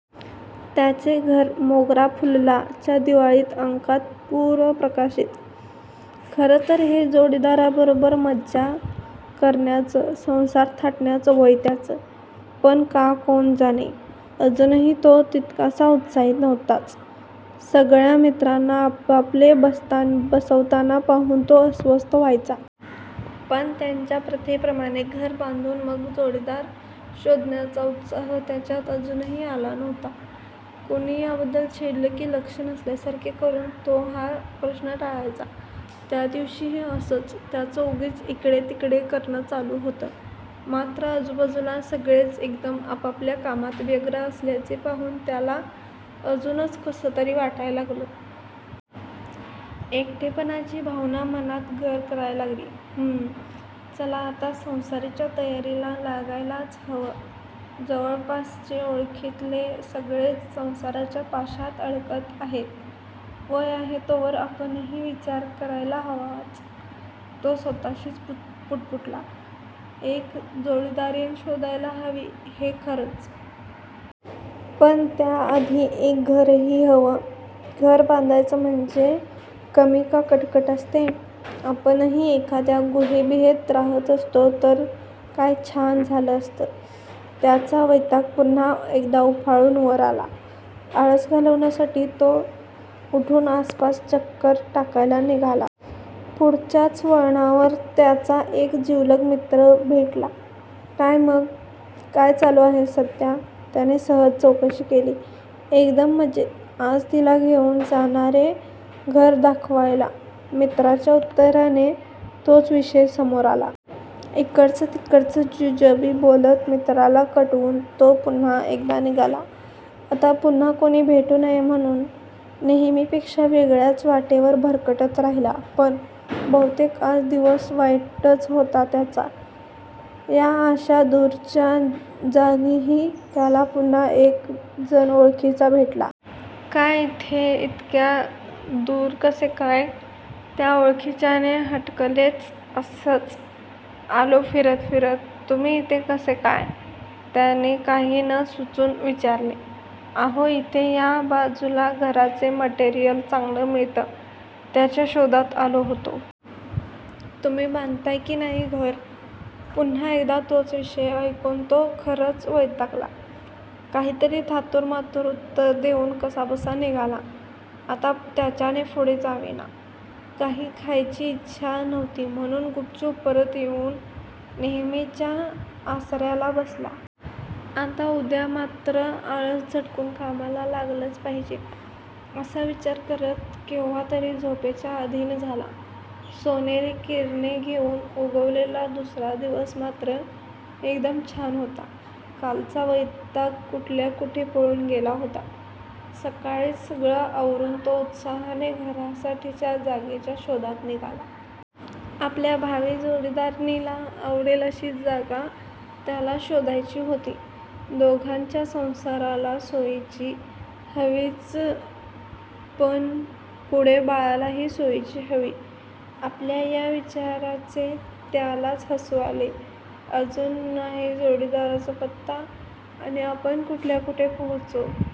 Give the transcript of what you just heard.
त्याचे घर 'मोगरा फुलला' च्या दिवाळी अंकात पूर्व प्रकाशित. खरंतर हे जोडीदाराबरोबर मजा करण्याचं, संसार थाटण्याच वय त्याचं. पण का कोण जाणे, अजूनही तो तितकासा उत्साही नव्हताच. सगळ्या मित्रांना आपापले बस्तान बसवताना पाहून तो अस्वस्थ व्हायचा. पण त्यांच्या प्रथेप्रमाणे घरं बांधून मग जोडीदार शोधण्याचा उत्साह त्याच्यात अजूनही आला नव्हता. कुणी याबद्दल छेडलं कि लक्ष नसल्यासारखं करून तो हा प्रश्नच टाळायचा. त्यादिवशीही असंच त्याचं उगीच इकडेतिकडे करणं चालू होतं. मात्र आजूबाजूला सगळेच एकदम आपापल्या कामात व्यग्र असल्याचे पाहून त्याला अजूनच कसंतरी वाटायला लागलं. एकटेपणाची भावना मनात घर करायला लागली. "हम्म, चला आता संसाराच्या तयारीला लागायलाच हवं. जवळपासचे ओळखीतले सगळेच संसाराच्या पाशात अडकत आहेत. वय आहे तोवर आपणही विचार करायला हवाच. " तो स्वत:शीच पुटपुटला. "एक जोडीदारीण शोधायला हवी हे खरंच. पण त्या आधी एक घरही हवं. घर बांधायचं म्हणजे कमी का कटकट असते? आपणही एखाद्या गुहेबिहेत रहात असतो तर काय छान झालं असतं. " त्याचा वैताग पुन्हा एकदा उफाळून वर आला. आळस घालवण्यासाठी तो उठून आसपास चक्कर टाकायला निघाला. पुढच्याच वळणावर त्याचा एक जिवलग मित्र भेटला. "काय मग? काय चालू आहे सध्या? " त्याने सहज चौकशी केली. "एकदम मजेत. आजच तीला घेऊन जाणारे घर दाखवायला! " मित्राच्या उत्तराने तोच विषय समोर आला. इकडचं तिकडचं जुजबी बोलत मित्राला कटवून तो पुन्हा एकदा निघाला. आता पुन्हा कोणी भेटू नये म्हणून नेहेमीपेक्षा वेगळ्याच वाटेवर भरकटत राहिला. पण बहुतेक आज दिवस वाईटच होता त्याचा. या अशा दूरच्या जागीही त्याला पुन्हा एक जण ओळखीचा भेटला. "काय इथे इतक्या दूर कसे काय? " त्या ओळखीच्याने हटकलेच. "असंच, आलो फिरत फिरत. तुम्ही इथे कसे काय? " त्याने काहीच नं सुचून विचारले. "अहो इथे या बाजूला घराचे मटेरियल चांगलं मिळतं. त्याच्याच शोधात आलो होतो. तुम्ही बांधताय कि नाही घर? " पुन्हा एकदा तोच विषय ऐकून तो खरच वैतागला. काहीतरी थातूरमातूर उत्तर देऊन कसाबसा निघाला. आता त्याच्याने पुढे जाववेना. काही खायची इच्छाही नव्हती म्हणून गुपचूप परत येऊन नेहेमीच्या आसऱ्याला बसला. 'आता उद्या मात्र आळस झटकून कामाला लागलंच पाहिजे' असा विचार करतच केव्हातरी झोपेच्या आधीन झाला. सोनेरी किरणे घेऊन उगवलेला दुसरा दिवस मात्र एकदम छान होता. कालचा वैताग कुठल्या कुठे पळून गेला होता. सकाळीच सगळं आवरून तो उत्साहाने घरासाठीच्या जागेच्या शोधात निघाला. आपल्या भावी जोडीदारिणीला आवडेल अशी जागा त्याला शोधायची होती. 'दोघांच्या संसाराला सोयीची हवीच पण पुढे बाळालाही सोयीची हवी. ' आपल्या या विचाराचे त्यालाच हसु आले. 'अजून नाही जोडीदाराचा पत्ता आणि आपण कुठल्या कुठे पोचलो.